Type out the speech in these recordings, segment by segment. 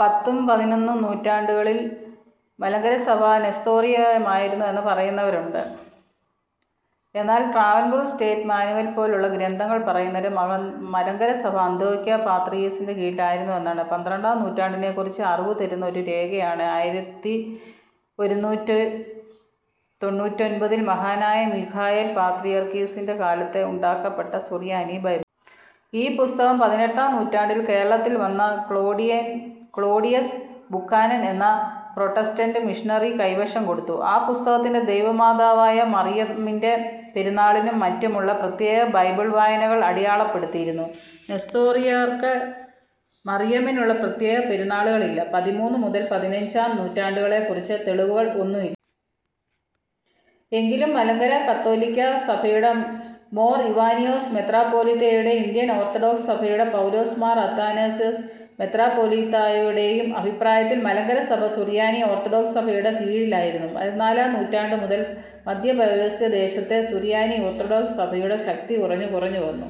പത്തും പതിനൊന്നും നൂറ്റാണ്ടുകളിൽ മലങ്കര സഭ നെസ്തോറിയമായിരുന്നു എന്ന് പറയുന്നവരുണ്ട്. എന്നാൽ ട്രാവൻകൂർ സ്റ്റേറ്റ് മാനുവൽ പോലെയുള്ള ഗ്രന്ഥങ്ങൾ പറയുന്നത് മലങ്കര സഭ അന്ത്യോക്യ പാത്രിയാർക്കീസിൻ്റെ കീഴിൽ ആയിരുന്നു എന്നാണ്. പന്ത്രണ്ടാം നൂറ്റാണ്ടിനേക്കുറിച്ച് അറിവ് തരുന്ന ഒരു രേഖയാണ് ആയിരത്തിയൊരുനൂറ്റിത്തൊണ്ണൂറ്റിയൊൻപതിൽ മഹാനായ മിഖായേൽ പാത്രിയാർക്കിസിൻ്റെ കാലത്ത് ഉണ്ടാക്കപ്പെട്ട സുറിയാനി ബൈബിൾ. ഈ പുസ്തകം പതിനെട്ടാം നൂറ്റാണ്ടിൽ കേരളത്തിൽ വന്ന ക്ലോഡിയസ് ബുക്കാനൻ എന്ന പ്രൊട്ടസ്റ്റൻ്റ് മിഷനറി കൈവശം കൊടുത്തു. ആ പുസ്തകത്തിൽ ദൈവമാതാവായ മറിയമിൻ്റെ പെരുന്നാളിനും മറ്റുമുള്ള പ്രത്യേക ബൈബിൾ വായനകൾ അടയാളപ്പെടുത്തിയിരുന്നു. നെസ്തോറിയർക്ക് മറിയമിനുള്ള പ്രത്യേക പെരുന്നാളുകൾ ഇല്ല. പതിമൂന്ന് മുതൽ പതിനഞ്ചാം നൂറ്റാണ്ടുകളെക്കുറിച്ച് തെളിവുകൾ ഒന്നും ഇല്ല. എങ്കിലും മലങ്കര കത്തോലിക്ക സഭയുടെ മോർ ഈവാനിയോസ് മെത്രാപ്പൊലീത്തായുടേയും ഇന്ത്യൻ ഓർത്തഡോക്സ് സഭയുടെ പൗലോസ് മോർ അത്തനാസ്യോസ് മെത്രാപ്പൊലീത്തായുടേയും അഭിപ്രായത്തിൽ മലങ്കര സഭ സുറിയാനി ഓർത്തഡോക്സ് സഭയുടെ കീഴിൽ ആയിരുന്നു. പതിനാലാം നൂറ്റാണ്ട് മുതൽ, മദ്ധ്യപൗരസ്ത്യദേശത്തെ സുറിയാനി ഓർത്തഡോക്സ് സഭയുടെ ശക്തി കുറഞ്ഞു കുറഞ്ഞു വന്നു.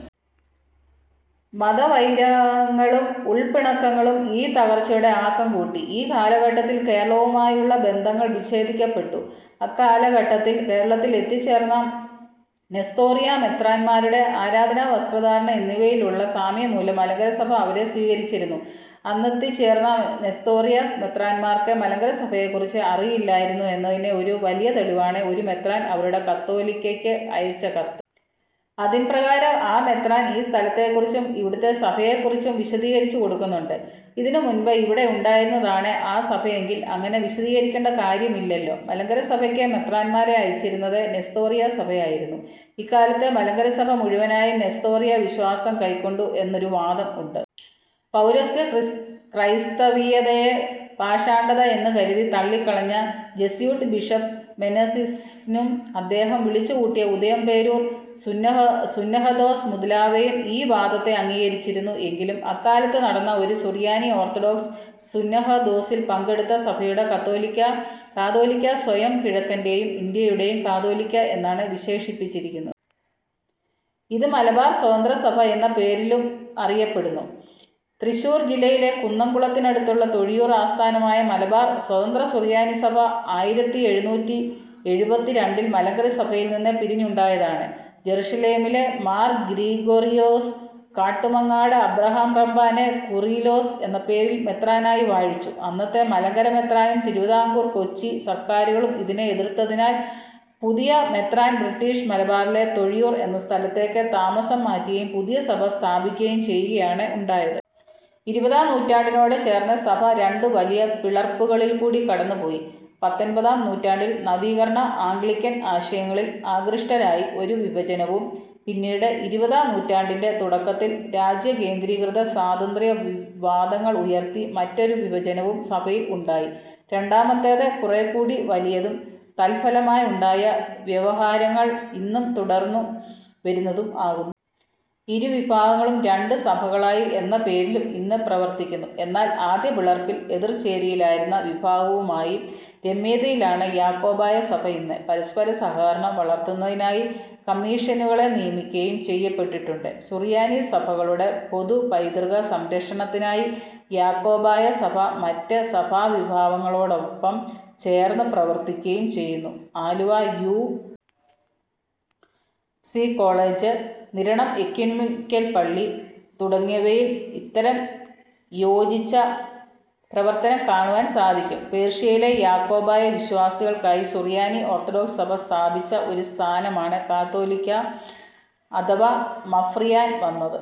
മതവൈരങ്ങളും ഉൾപ്പിണക്കങ്ങളും ഈ തകർച്ചയുടെ ആക്കം കൂട്ടി. ഈ കാലഘട്ടത്തിൽ കേരളവുമായുള്ള ബന്ധങ്ങൾ വിഛേദിക്കപ്പെട്ടു. അക്കാലഘട്ടത്തിൽ കേരളത്തിൽ എത്തിച്ചേർന്ന നെസ്തോറിയ മെത്രാന്മാരുടെ ആരാധനാ വസ്ത്രധാരണ എന്നിവയിലുള്ള സാമ്യം മൂലം മലങ്കര സഭ അവരെ സ്വീകരിച്ചിരുന്നു. അന്നെത്തിച്ചേർന്ന നെസ്തോറിയ മെത്രാന്മാർക്ക് മലങ്കര സഭയെക്കുറിച്ച് അറിയില്ലായിരുന്നു എന്നതിന് ഒരു വലിയ തെളിവാണ് ഒരു മെത്രാൻ അവരുടെ കാതോലിക്കക്ക് അയച്ച കത്ത്. അതിൻപ്രകാരം ആ മെത്രാൻ ഈ സ്ഥലത്തേക്കുറിച്ചും ഇവിടത്തെ സഭയെക്കുറിച്ചും വിശദീകരിച്ചു കൊടുക്കുന്നുണ്ട്. ഇതിന് മുൻപ് ഇവിടെ ഉണ്ടായിരുന്നതാണ് ആ സഭയെങ്കിൽ അങ്ങനെ വിശദീകരിക്കേണ്ട കാര്യം ഇല്ലല്ലൊ. മലങ്കര സഭക്ക് മെത്രാന്മാരെ അയച്ചിരുന്നത് നെസ്തോറിയ സഭ ആയിരുന്നു. ഇക്കാലത്ത് മലങ്കര സഭ മുഴുവനായും നെസ്തോറിയ വിശ്വാസം കൈക്കൊണ്ടു എന്നൊരു വാദം ഉണ്ട്. പൌരസ്ത്യ ക്രൈസ്തവീയതയെ പാഷാണ്ഡത എന്ന് കരുതി തള്ളിക്കളഞ്ഞ ജെസ്യൂട്ട് ബിഷപ്പ് മെനസിസ്നും അദ്ദേഹം വിളിച്ചുകൂട്ടിയ ഉദയംപേരൂർ സുന്നഹദോസ് മുതലാവയും ഈ വാദത്തെ അംഗീകരിച്ചിരുന്നു. എങ്കിലും അക്കാലത്ത് നടന്ന ഒരു സുറിയാനി ഓർത്തഡോക്സ് സുന്നഹദോസിൽ പങ്കെടുത്ത സഭയുടെ കാതോലിക്ക സ്വയം "കിഴക്കൻ്റെയും ഇന്ത്യയുടെയും കത്തോലിക്ക" എന്നാണ് വിശേഷിപ്പിച്ചിരിക്കുന്നത്. ഇത് മലബാർ സ്വതന്ത്ര സഭ എന്ന പേരിലുമറിയപ്പെടുന്നു. തൃശ്ശൂർ ജില്ലയിലെ കുന്നം കുളത്തിനടുത്തുള്ള തൊഴിയൂർ ആസ്ഥാനമായ മലബാർ സ്വതന്ത്ര സുറിയാനി സഭ ആയിരത്തിഎഴുന്നൂറ്റിഎഴുപത്തിരണ്ടിൽ മലങ്കര സഭയിൽ നിന്ന് പിരിഞ്ഞുണ്ടായതാണ്. ജറുസലേമിലെ മാർ ഗ്രിഗോറിയോസ് കാട്ടുമങ്ങാട്ട് അബ്രഹാം റമ്പാനെ കൂറിലോസ് എന്ന പേരിൽ മെത്രാനായി വാഴിച്ചു. അന്നത്തെ മലങ്കര മെത്രാനും തിരുവിതാംകൂർ, കൊച്ചി സർക്കാരുകളും ഇതിനെ എതിർത്തതിനാൽ പുതിയ മെത്രാൻ ബ്രിട്ടീഷ് മലബാറിലെ തൊഴിയൂർ എന്ന സ്ഥലത്തേക്ക് താമസം മാറ്റുകയും പുതിയ സഭ സ്ഥാപിക്കുകയും ചെയ്യുകയാണ് ഉണ്ടായത്. ഇരുപതാം നൂറ്റാണ്ടിനോട് ചേർന്ന് സഭ രണ്ട് വലിയ പിളർപ്പുകളിൽ കൂടി കടന്ന് പോയി. പത്തൊൻപതാം നൂറ്റാണ്ടിൽ നവീകരണ ആംഗ്ലിക്കൻ ആശയങ്ങളിൽ ആകൃഷ്ടരായി ഒരു വിഭജനവും പിന്നീട് ഇരുപതാം നൂറ്റാണ്ടിൻ്റെ തുടക്കത്തിൽ രാജ്യകേന്ദ്രീകൃത സ്വാതന്ത്ര്യ വാദങ്ങൾ ഉയർത്തി മറ്റൊരു വിഭജനവും സഭയിൽ ഉണ്ടായി. രണ്ടാമത്തേത് കൂറെക്കൂടി വലിയതും തത്ഫലമായുണ്ടായ വ്യവഹാരങ്ങൾ ഇന്നും തുടർന്നു വരുന്നതും ആകുന്നു. ഇരുവിഭാഗങ്ങളും രണ്ട് സഭകളായി എന്ന പേരിലും ഇന്ന് പ്രവർത്തിക്കുന്നു. എന്നാൽ ആദ്യ പിളർപ്പിൽ എതിർചേരിയിലായിരുന്ന വിഭാഗവുമായി രമ്യതയിലാണ് യാക്കോബായ സഭ ഇന്ന്. പരസ്പരസഹകരണം വളർത്തുന്നതിനായി കമ്മീഷനുകളെ നിയമിക്കുകയും ചെയ്യപ്പെട്ടിട്ടുണ്ട്. സുറിയാനി സഭകളുടെ പൊതുപൈതൃക സംരക്ഷണത്തിനായി യാക്കോബായ സഭ മറ്റ് സഭാവിഭാഗങ്ങളോടൊപ്പം ചേർന്ന് പ്രവർത്തിക്കുകയും ചെയ്യുന്നു. Aluva U. C. College, Niranam ecumenical പള്ളി തുടങ്ങിയവയിൽ ഇത്തരം യോജിച്ച പ്രവർത്തനം കാണുവാൻ സാധിക്കും. പേർഷ്യയിലെ യാക്കോബായ വിശ്വാസികൾക്കായി സുറിയാനി ഓർത്തഡോക്സ് സഭ സ്ഥാപിച്ച ഒരു സ്ഥാനമാണ് കാതോലിക്ക അഥവാ മഫ്രിയാൻ എന്നത്.